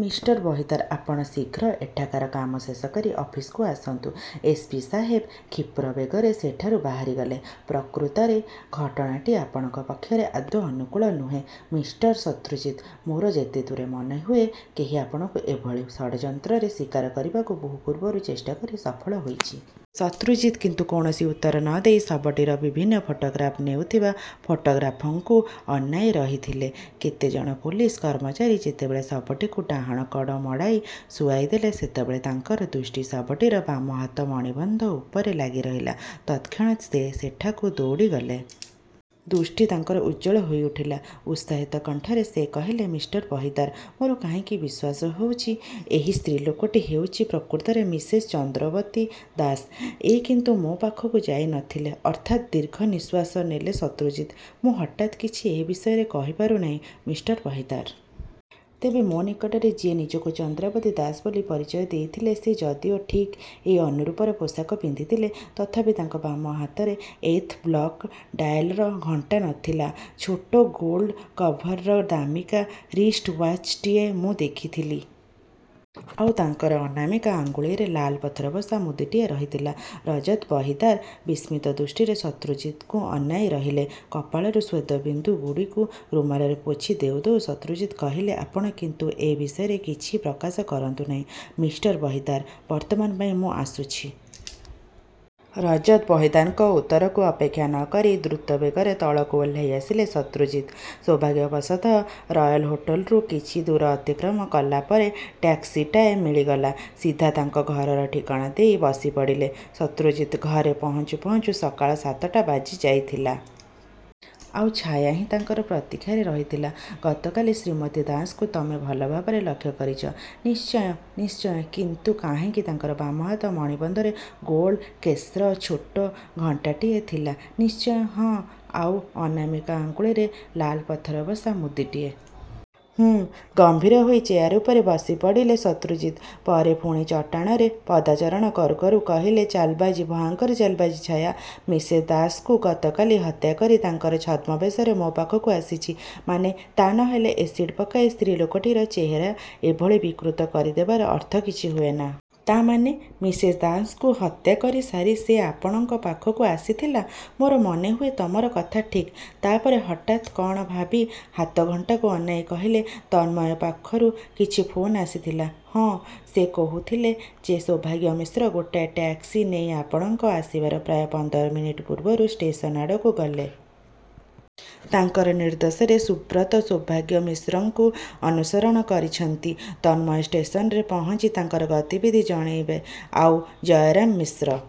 Mister Bahidar, ଆପଣ ଶୀଘ୍ର ଏଠାକାର କାମ ଶେଷ କରି ଅଫିସକୁ ଆସନ୍ତୁ। ଏସ. ପି. ସାହେବ କ୍ଷିପ୍ରବେଗରେ ସେଠାରୁ ବାହାରିଗଲେ। ପ୍ରକୃତରେ ଘଟଣାଟି ଆପଣଙ୍କ ପକ୍ଷରେ ଆଦୌ ଅନୁକୂଳ ନୁହେଁ, ମିଷ୍ଟର ଶତ୍ରୁଜିତ୍! ମୋର ଯେତେଦୂର ମନେହୁଏ କେହି ଆପଣଙ୍କୁ ଏଭଳି ଷଡ଼ଯନ୍ତ୍ରର ଶିକାର କରିବାକୁ ବହୁ ପୂର୍ବରୁ ଚେଷ୍ଟା କରି ସଫଳ ହୋଇଛି। ଶତ୍ରୁଜିତ୍ କିନ୍ତୁ କୌଣସି ଉତ୍ତର ନ ଦେଇ ଶବଟିର ବିଭିନ୍ନ ଫଟୋଗ୍ରାଫ ନେଉଥିବା ଫଟୋଗ୍ରାଫ୍ରଙ୍କୁ ଅନାଇ ରହିଥିଲେ। କେତେଜଣ ପୋଲିସ କର୍ମଚାରୀ ଯେତେବେଳେ ଶବଟିକୁ ଡାହାଣ କଡ଼ ମଡ଼ାଇ ଶୁଆଇଦେଲେ, ସେତେବେଳେ ତାଙ୍କର ଦୃଷ୍ଟି ଶବଟିର ବାମହାତ ମଣିବନ୍ଧ ଉପରେ ଲାଗିରହିଲା। ତତ୍କ୍ଷଣାତ୍ ସେ ସେଠାକୁ ଦୌଡ଼ିଗଲେ।। ଦୃଷ୍ଟି ତାଙ୍କର ଉଜ୍ୱଳ ହୋଇଉଠିଲା। ଉତ୍ସାହିତ କଣ୍ଠରେ ସେ କହିଲେ—ମିଷ୍ଟର ବହିଦାର, ମୋର କାହିଁକି ବିଶ୍ୱାସ ହେଉଛି ଏଇ ସ୍ତ୍ରୀଲୋକଟି ହେଉଛି ପ୍ରକୃତରେ ମିସେସ୍ ଚନ୍ଦ୍ରାବତୀ ଦାସ। ଏ କିନ୍ତୁ ମୋ ପାଖକୁ ଯାଇ ନ ଥିଲେ। ଅର୍ଥାତ୍? ଦୀର୍ଘନିଶ୍ୱାସ ନେଲେ ଶତ୍ରୁଜିତ୍—ମୁଁ ହଠାତ୍ କିଛି ଏ ବିଷୟରେ କହିପାରୁ ନାହିଁ, ମିଷ୍ଟର ବହିଦାର! ତେବେ ମୋ ନିକଟରେ ଯିଏ ନିଜକୁ ଚନ୍ଦ୍ରାବତୀ ଦାସ ବୋଲି ପରିଚୟ ଦେଇଥିଲେ ସେ ଯଦିଓ ଠିକ୍ ଏଇ ଅନୁରୂପରେ ପୋଷାକ ପିନ୍ଧିଥିଲେ ତଥାପି ତାଙ୍କ ବାମ ହାତର ଏଥ ବ୍ଲକ ଡାଏଲର ଘଣ୍ଟା ନ ଥିଲା। ଛୋଟ ଗୋଲ୍ଡ କଭରର ଦାମିକା ରିଷ୍ଟ ଓ୍ୟାଚଟିଏ ମୁଁ ଦେଖିଥିଲି। ଆଉ ତାଙ୍କର ଅନାମିକା ଅଙ୍ଗୁଳିରେ ଲାଲ ପଥରବସା ମୁଦିଟିଏ ରହିଥିଲା। ରଜତ ବହିଦାର ବିସ୍ମିତ ଦୃଷ୍ଟିରେ ଶତ୍ରୁଜିତଙ୍କୁ ଅନାଇ ରହିଲେ। କପାଳରୁ ସ୍ୱେନ୍ଦବିନ୍ଦୁଗୁଡ଼ିକ ରୁମାଲରେ ପୋଛି ଦେଉ ଦେଉ ଶତ୍ରୁଜିତ୍ କହିଲେ—ଆପଣ କିନ୍ତୁ ଏ ବିଷୟରେ କିଛି ପ୍ରକାଶ କରନ୍ତୁ ନାହିଁ, ମିଷ୍ଟର ବହିଦାର! ବର୍ତ୍ତମାନ ପାଇଁ ମୁଁ ଆସୁଛି। ରଜତ ବହିଦାରଙ୍କ ଉତ୍ତରକୁ ଅପେକ୍ଷା ନ କରି ଦ୍ରୁତବେଗରେ ତଳକୁ ଓହ୍ଳାଇ ଆସିଲେ ଶତ୍ରୁଜିତ୍। ସୌଭାଗ୍ୟବଶତଃ ରୟେଲ ହୋଟଲରୁ କିଛିଦୂର ଅତିକ୍ରମ କଲା ପରେ ଟ୍ୟାକ୍ସିଟାଏ ମିଳିଗଲା। ସିଧା ତାଙ୍କ ଘରର ଠିକଣା ଦେଇ ବସିପଡ଼ିଲେ ଶତ୍ରୁଜିତ୍। ଘରେ ପହଞ୍ଚୁ ପହଞ୍ଚୁ ସକାଳ ସାତଟା ବାଜିଯାଇଥିଲା। ଆଉ ଛାୟା ହିଁ ତାଙ୍କର ପ୍ରତୀକ୍ଷାରେ ରହିଥିଲା। ଗତକାଲି ଶ୍ରୀମତୀ ଦାସଙ୍କୁ ତମେ ଭଲ ଭାବରେ ଲକ୍ଷ୍ୟ କରିଛ, ନିଶ୍ଚୟ? ନିଶ୍ଚୟ.. କିନ୍ତୁ କାହିଁକି? ତାଙ୍କର ବାମହାତ ମଣିବନ୍ଧରେ ଗୋଲଡ୍ କେସ୍ର ଛୋଟ ଘଣ୍ଟାଟିଏ ଥିଲା ନିଶ୍ଚୟ? ହଁ। ଆଉ ଅନାମିକା ଅଙ୍ଗୁଳିରେ? ଲାଲ ପଥରବସା ମୁଦିଟିଏ। ହୁଁ... ଗମ୍ଭୀର ହୋଇ ଚେୟାର ଉପରେ ବସିପଡ଼ିଲେ ଶତ୍ରୁଜିତ୍। ପରେ ପୁଣି ଚଟାଣରେ ପଦାଚାରଣ କରୁକରୁ କହିଲେ—ଚାଲବାଜି, ଭୟଙ୍କର ଚାଲବାଜି, ଛାୟା! ମିସେସ୍ ଦାସଙ୍କୁ ଗତକାଲି ହତ୍ୟା କରି ତାଙ୍କରି ଛଦ୍ମବେଶରେ ମୋ ପାଖକୁ ଆସିଛି। ମାନେ? ତା' ନ ହେଲେ ଏସିଡ୍ପକାଇ ସ୍ତ୍ରୀଲୋକଟିର ଚେହେରା ଏଭଳି ବିକୃତ କରିଦେବାର ଅର୍ଥ କିଛି ହୁଏନା। ତା' ମାନେ, ମିସେସ୍ ଦାସଙ୍କୁ ହତ୍ୟା କରିସାରି ସେ ଆପଣଙ୍କ ପାଖକୁ ଆସିଥିଲା। ମୋର ମନେହୁଏ ତମର କଥା ଠିକ୍। ତା'ପରେ ହଠାତ୍ କ'ଣ ଭାବି ହାତଘଣ୍ଟାକୁ ଅନାଇ କହିଲେ—ତନ୍ମୟ ପାଖରୁ କିଛି ଫୋନ୍ ଆସିଥିଲା? ହଁ, ସେ କହୁଥିଲେ ଯେ ସୌଭାଗ୍ୟ ମିଶ୍ର ଗୋଟାଏ ଟ୍ୟାକ୍ସି ନେଇ ଆପଣଙ୍କ ଆସିବାର ପ୍ରାୟ ପନ୍ଦର ମିନିଟ୍ ପୂର୍ବରୁ ଷ୍ଟେସନ ଆଡ଼କୁ ଗଲେ। ତାଙ୍କର ନିର୍ଦ୍ଦେଶରେ ସୁବ୍ରତ ସୌଭାଗ୍ୟ ମିଶ୍ରଙ୍କୁ ଅନୁସରଣ କରିଛନ୍ତି। ତନ୍ମୟ ଷ୍ଟେସନରେ ପହଞ୍ଚି ତାଙ୍କର ଗତିବିଧି ଜଣାଇବେ-। ଆଉ ଜୟରାମ ମିଶ୍ର?